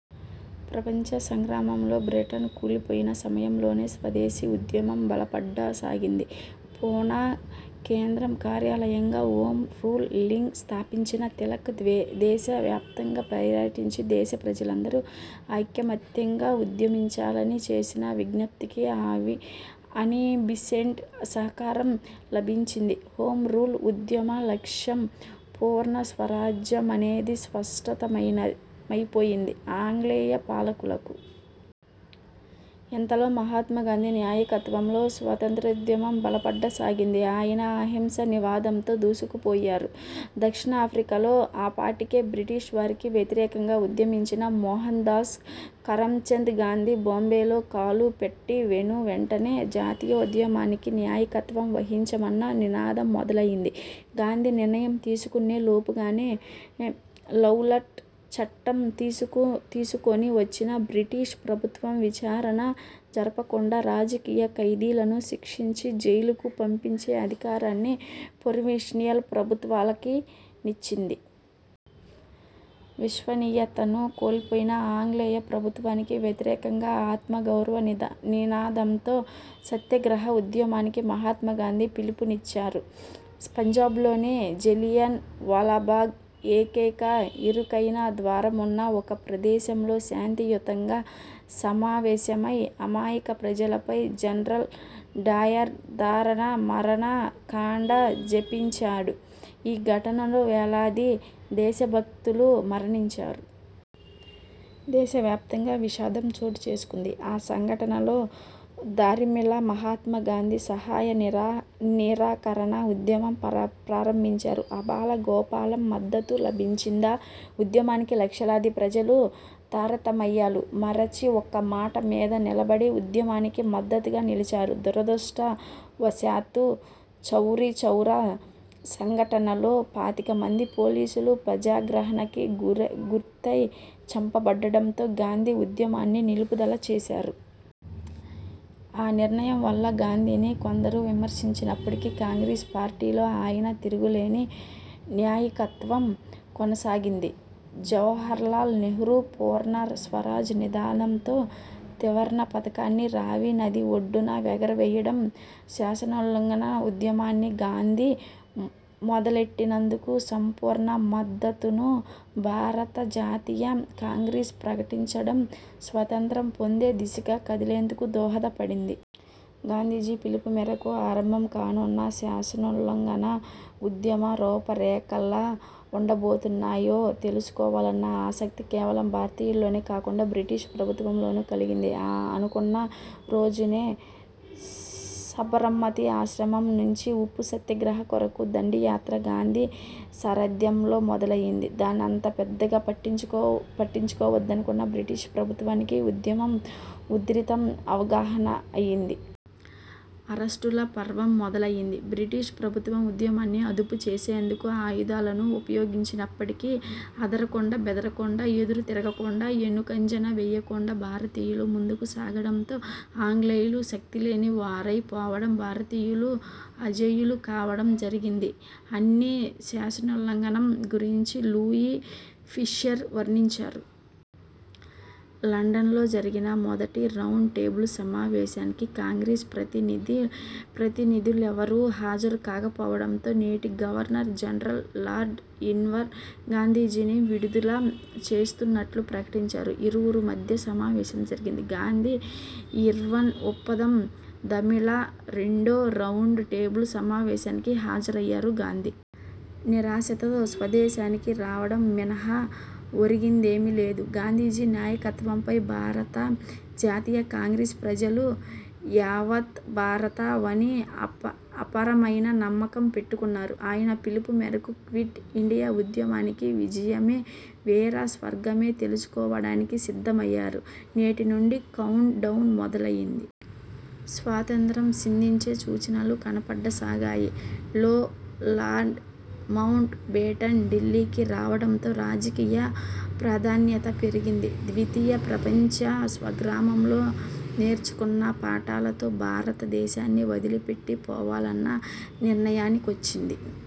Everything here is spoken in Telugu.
ప్రపంచ సంగ్రామంలో బ్రిటన్ కూరుకుపోయిన సమయంలోనే, స్వదేశీ ఉద్యమం బలపడ సాగింది. పూనా కేంద్ర కార్యాలయంగా, హోం రూల్ లీగ్ స్థాపించిన తిలక్ దేశ వ్యాప్తంగా పర్యటించి, దేశ ప్రజలందరూ ఐకమత్యంగా ఉద్యమించాలని చేసిన విజ్ఞప్తికి అనీబీసెంటు సహకారం లభించింది. హోం రూల్ ఉద్యమ లక్ష్యం పూర్ణ స్వరాజ్య మనేది స్పష్ట మైనఅయిపోయింది ఆంగ్లేయ పాలకులకు. ఇంతలో, మహాత్మా గాంధీ నాయకత్వంలో స్వాతంత్ర్యోద్యమం బలపడ సాగింది. ఆయన 'అహింస' నినాదంతో దూసుకుని పోయారు. దక్షిణాఫ్రికాలో ఆపాటికే బ్రిటీష్ వారికి వ్యతిరేకంగా ఉద్యమించిన మోహన్ దాస్ కరంచంద్ గాంధీ, బాంబేలో కాలు పెట్టిన వెను వెంటనే, జాతీయోద్యమానికి నాయకత్వం వహించమన్న నినాదం మొదలైంది. గాంధీ నిర్ణయం తీసుకునే లోపుగానే, రౌలట్ చట్టం తీసుకొని వచ్చిన బ్రిటీష్ ప్రభుత్వం, విచారణ జరపకుండా, రాజకీయ ఖైదీలను శిక్షించి, జైలుకు పంపించే అధికారాన్ని ప్రొవిన్షియల్ ప్రభుత్వాలకిచ్చింది. విశ్వనీయతను కోల్పోయిన ఆంగ్లేయ ప్రభుత్వానికి వ్యతిరేకంగా, 'ఆత్మ గౌరవం నీదా నినాదంతో. సత్యాగ్రహ ఉద్యమానికి మహాత్మా గాంధీ పిలుపిచ్చారు. పంజాబ్ లోని జలియన్ వాలాబాగ్లో, ఏకైక ఇరుకైన ద్వారమున్న ఒక ప్రదేశంలో శాంతియుతంగా సమావేశమైన అమాయక ప్రజలపై జనరల్ డయ్యర్ దారుణ మారణ కాండ జరిపించాడు. ఈ ఘటనలో వేలాది దేశభక్తులు మరణించారు. దేశ వ్యాప్తంగా విషాదం చోటు చేసుకున్న ఆ సంఘటన దరిమిలా మహాత్మా గాంధీ సహాయ నిర నిరాకరణ ఉద్యమం పర ప్రారంభించారు. ఆబాల గోపాలం మద్దతు లభించిందా ఉద్యమానికి. లక్షలాది ప్రజలు, తారతమయాలు మరిచి, ఒక్క మాట మీద నిలబడి ఉద్యమానికి మద్దతుగా నిలిచారు. దురదృష్ట వశాత్తు చౌరీచౌరా సంఘటనలో పాతిక మంది పోలీసులు ప్రజాగ్రహానికి గురై గురై చంప బడడంతో, గాంధీ ఉద్యమాన్ని నిలుపుదల చేశారు. ఆ నిర్ణయం వల్ల గాంధీని కొందరు విమర్శించినప్పటికీ, కాంగ్రెస్ పార్టీలో ఆయన తిరుగులేని నాయకత్వం కొనసాగింది. జవహర్లాల్ నెహ్రూ పూర్ణ స్వరాజ్ నినాదంతో త్రివర్ణ పతాకాన్ని రావి నది ఒడ్డున ఎగురవేయడం, శాసనోల్లంఘన ఉద్యమాన్ని గాందీ మొదలెట్టేందుకు సంపూర్ణ మద్దతును భారత జాతీయ కాంగ్రెస్ ప్రకటించడం, స్వతంత్రం పొందే దిశగా కదిలేందుకు దోహద పడింది. గాంధీజీ పిలుపు మేరకు ఆరంభం కానున్న శాసనోల్లంఘన ఉద్యమం రూపు రేఖలెలా వుండబోతున్నాయో తెలుసుకోవాలన్న ఆసక్తి కేవలం భారతీయులలోనే కాకుండా, బ్రిటీష్ ప్రభుత్వంలోనూ కలిగింది. అనుకున్న రోజునే, సబర్మతీ ఆశ్రమం నుంచి, ఉప్పు సత్యాగ్రహం కొరకు 'దండి' యాత్ర గాంధీ సారథ్యంలో మొదలైంది. దాన్నంత పెద్దగా పట్టించుకో పట్టించుకోవద్దునుకున్న బ్రిటీష్ ప్రభుత్వానికి ఉద్యమం ఉధృతం అవగాహనైంది. అరెస్టుల పర్వం మొదలైంది. 'బ్రిటీష్ ప్రభుత్వం ఉద్యమాన్ని అదుపు చేసేందుకు ఆయుధాలను ఉపయోగించినప్పటికీ, అదరకుండా బెదరకుండా, ఎదురు తిరగకుండా, వెనుకంజ వేయకుండా, భారతీయులు ముందుకు సాగడంతో, ఆంగ్లేయులు శక్తిలేని వారై పోవడం భారతీయులు అజేయులు కావడం జరిగింది' అని శాసనోల్లంఘనం గురించి లూయి ఫిషర్ వర్ణించారు. లండన్ లో జరిగిన మొదటి రౌండ్ టేబుల్ సమావేశానికి కాంగ్రెస్ ప్రతినిధు లెవరు హాజరు కాకపోవడంతో, నాటి గవర్నర్ జనరల్ లార్డ్ ఇర్విన్ గాంధీజీని విడుదల చేస్తున్నట్లు ప్రకటించాడు. ఇరువురి మధ్య సమావేశం జరిగింది. గాంధీ ఇర్విన్ ఒప్పందం దరిమిలా రెండో రౌండ్ టేబుల్ సమావేశానికి హాజరయ్యారు గాంధీ. నిరాశతో స్వదేశానికి రావడం మినహా ఒరిగిందేమీ లేదు. గాంధీజీ నాయకత్వంపై భారత జాతీయ కాంగ్రెస్, ప్రజలు, యావత్ భారతా వని, అపర అపారమైన నమ్మకం పెట్టుకున్నారు. ఆయన పిలుపు మేరకు క్విట్ ఇండియా ఉద్యమానికి, విజయమో వీర స్వర్గమో తేల్చుకోవడానికి సిద్ధమయ్యారు. నాటినుంచి కౌంట్ డౌన్ మొదలైంది. స్వాతంత్ర్యం సిద్ధించే సూచనలు కనపడ సాగాయి. లో లార్డ్ మౌంట్ బేటన్ ఢిల్లీకి రావడంతో రాజకీయ ప్రాధాన్యత పెరిగింది. ద్వితీయ ప్రపంచ సంగ్రామంలో నేర్చుకున్న పాఠాలతో భారత దేశాన్ని వదిలి పెట్టి పోవాలన్న నిర్ణయానికొచ్చింది